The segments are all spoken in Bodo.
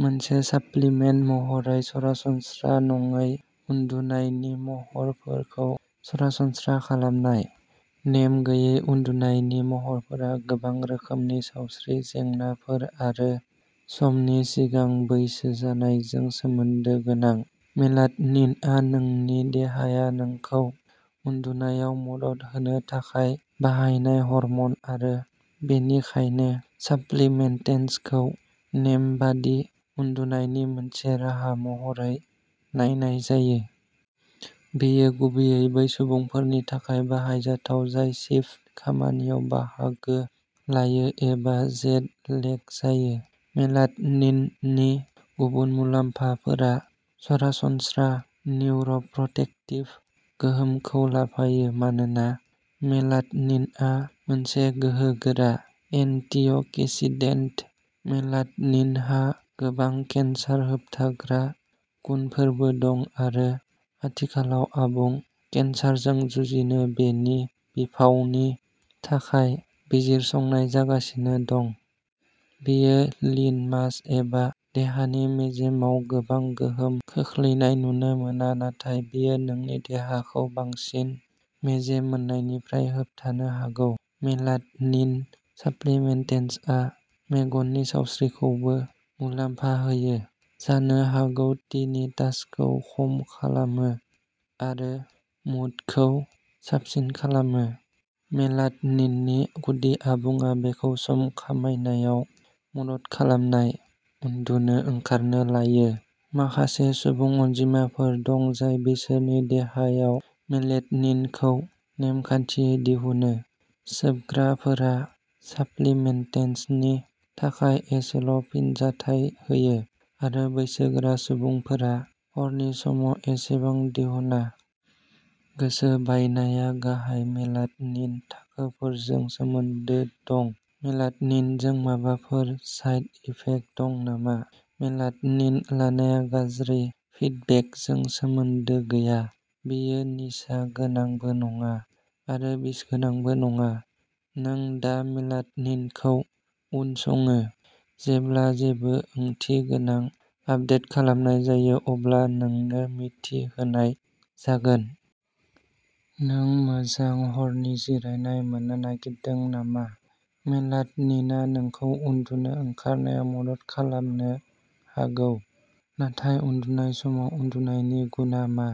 मोनसे साप्लिमेन्ट महरै सरासनस्रा नङै उन्दुनायनि महरफोरखौ सरासनस्रा खालामनाय। नेम गैयै उन्दुनायनि महरफोरा गोबां रोखोमनि सावस्रि जेंनाफोर आरो समनि सिगां बैसो जानायजों सोमोन्दो गोनां। मेलाटनिनआ नोंनि देहाया नोंखौ उन्दुनायाव मदद होनो थाखाय बाहायनाय हर्मन आरो बेनिखायनो साप्लिमेन्टेसनखौ नेमबादि उन्दुनायनि मोनसे राहा महरै नायनाय जायो। बेयो गुबैयै बै सुबुंफोरनि थाखाय बाहायजाथाव जाय शिफ्ट खामानियाव बाहागो लायो एबा जेट लेग जायो। मेलाट'निननि गुबुन मुलाम्फाफोरा सरासनस्रा निउर'प्रटेक्टिभ गोहोमफोरखौ लाफायो मानोना मेलाट'निनआ मोनसे गोहोगोरा एन्टिअक्सिडेन्ट। मेलाट'निनहा गोबां केन्सार होबथाग्रा गुनफोरबो दं आरो आथिखालाव आबु केन्सारजों जुजिनो बेनि बिफावनि थाखाय बिजिरसंनाय जागासिनो दं। बेयो लीन मास एबा देहानि मेजेमाव गोबां गोहोम खोख्लैनाय नुनो मोना नाथाय बेयो नोंनि देहाखौ बांसिन मेजेम मोननायनिफ्राय होबथानो हागौ। मेलाट'निन साप्लिमेन्टेसनआ मेगननि सावस्रिखौबो मुलाम्फा होयो जानो हागौ टिनिटासखौ खम खालामो आरो मुडखौ साबसिन खालामो। मेलाट'निननि गुदि आदबआ बेखौ सम खमायनायाव मदद खालामनाय। उन्दुनो ओंखारनो लायो। माखासे सुबुं अनजिमाफोर दं जाय बिसोरनि देहायाव मेलेटनिनखौ नेमखान्थियै दिहुनो। सोबग्राफोरा साप्लिमेन्टेसननि थाखाय एसेल'फिनजाथाय होयो, आरो बैसोगोरा सुबुंफोरा हरनि समाव एसेबां दिहुना। गोसो बायनाया गाहाय मेलाटनिन थाखोफोरजोंबो सोमोन्दो दं। मेलाटनिनजों माबाफोर साइड इफेक्ट दं नामा? मेलाटनिन लानाया गाज्रि फिडबेकजों सोमोन्दो गैया। बेयो निसा गोनांबो नङा आरो बिसगोनांबो नङा। नों दा मेलाटनिनखौ उनसङो। जेब्ला जेबो ओंथिगोनां आपदेट खालामनाय जायो अब्ला नोंनो मिथि होनाय जागोन। नों मोजां हरनि जिरायनाय मोन्नो नागिरदों नामा? मेलाटनिनआ नोंखौ उन्दुनो ओंखारनायाव मदद खालामनो हागौ, नाथाय उन्दुनाय समाव उन्दुनायनि गुनआ मा?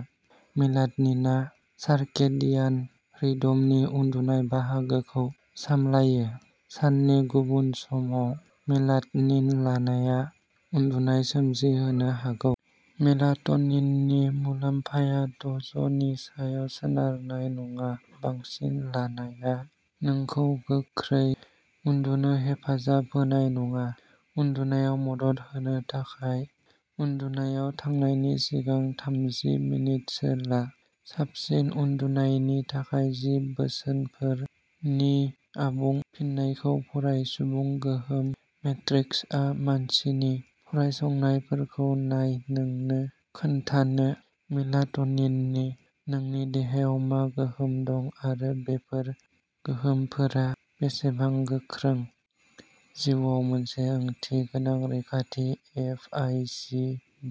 मेलाटनिनआ सार्केडियन रिदमनि उन्दुनाय बाहागोखौ सामलायो। साननि गुबुन समाव मेलाटनिन लानाया उनदुनाय सोमजिहोनो हागौ। मेलाट'निननि मुलाम्फाया द'जनि सायाव सोनारनाय नङा-बांसिन लानाया नोंखौ गोख्रै उन्दुनो हेफाजाब होनाय नङा। उन्दुनायाव मदद होनो थाखाय, उन्दुनायाव थांनायनि सिगां थामजि मिनिटसो ला। साबसिन उन्दुनायनि थाखाय जि बोसोनफोर नि आबुं फिननायखौ फराय सुबुं गोहोम मेट्रिक्सआ मानसिनि फरायसंनायफोरखौ नाय नोंनो खोन्थानो मेलाट'निननि नोंनि देहायाव मा गोहोम दं आरो बेफोर गोहोमफोरा बेसेबां गोख्रों। जिउआव मोनसे ओंथिगोनां रैखाथि एफ आइ जि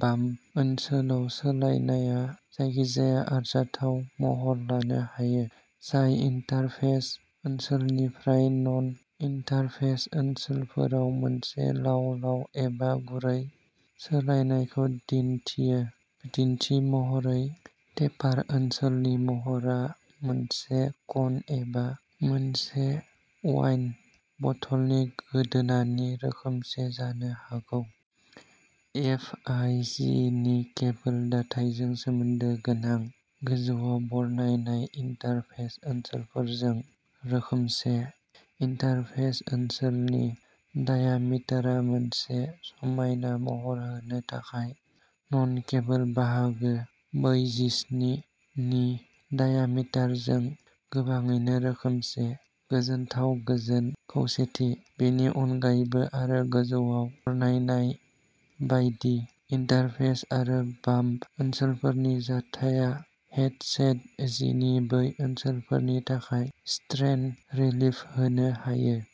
बाम्प ओनसोलाव सोलायनायआ जायखिजाया आरजाथाव महर लानो हायो जाय इन्टारफेस ओनसोलनिफ्राय नन इन्टारफेस ओनसोलफोराव मोनसे लाव लाव एबा गुरै सोलायनायखौ दिन्थियो। बिदिन्थि महरै, टेपार ओनसोलनि महरा मोनसे कन एबा मोनसे वाइन बथलनि गोदोनानि रोखोमसे जानो हागौ। एफ आइ जि नि केबोल दाथायजों सोमोन्दो गोनां गोजौआव बरनायनाय इन्टारफेस ओनसोलफोरजों रोखोमसे। इन्टारफेस ओनसोलनि डायामिटारा मोनसे समायना महर होनो थाखाय नन केबोल बाहागो बैजिस्नि नि डायामिटारजों गोबाङैनो रोखोमसे। गोजोनथाव गोजोन खौसेथि। बेनि अनगायैबो आरो गोजौआव बरनायनाय बायदि, इन्टारफेस आरो बाम्प ओनसोलफोरनि जथायनाया हेडसेट जि नि बै ओनसोलफोरनि थाखाय स्ट्रेन रिलिफ होनो हायो।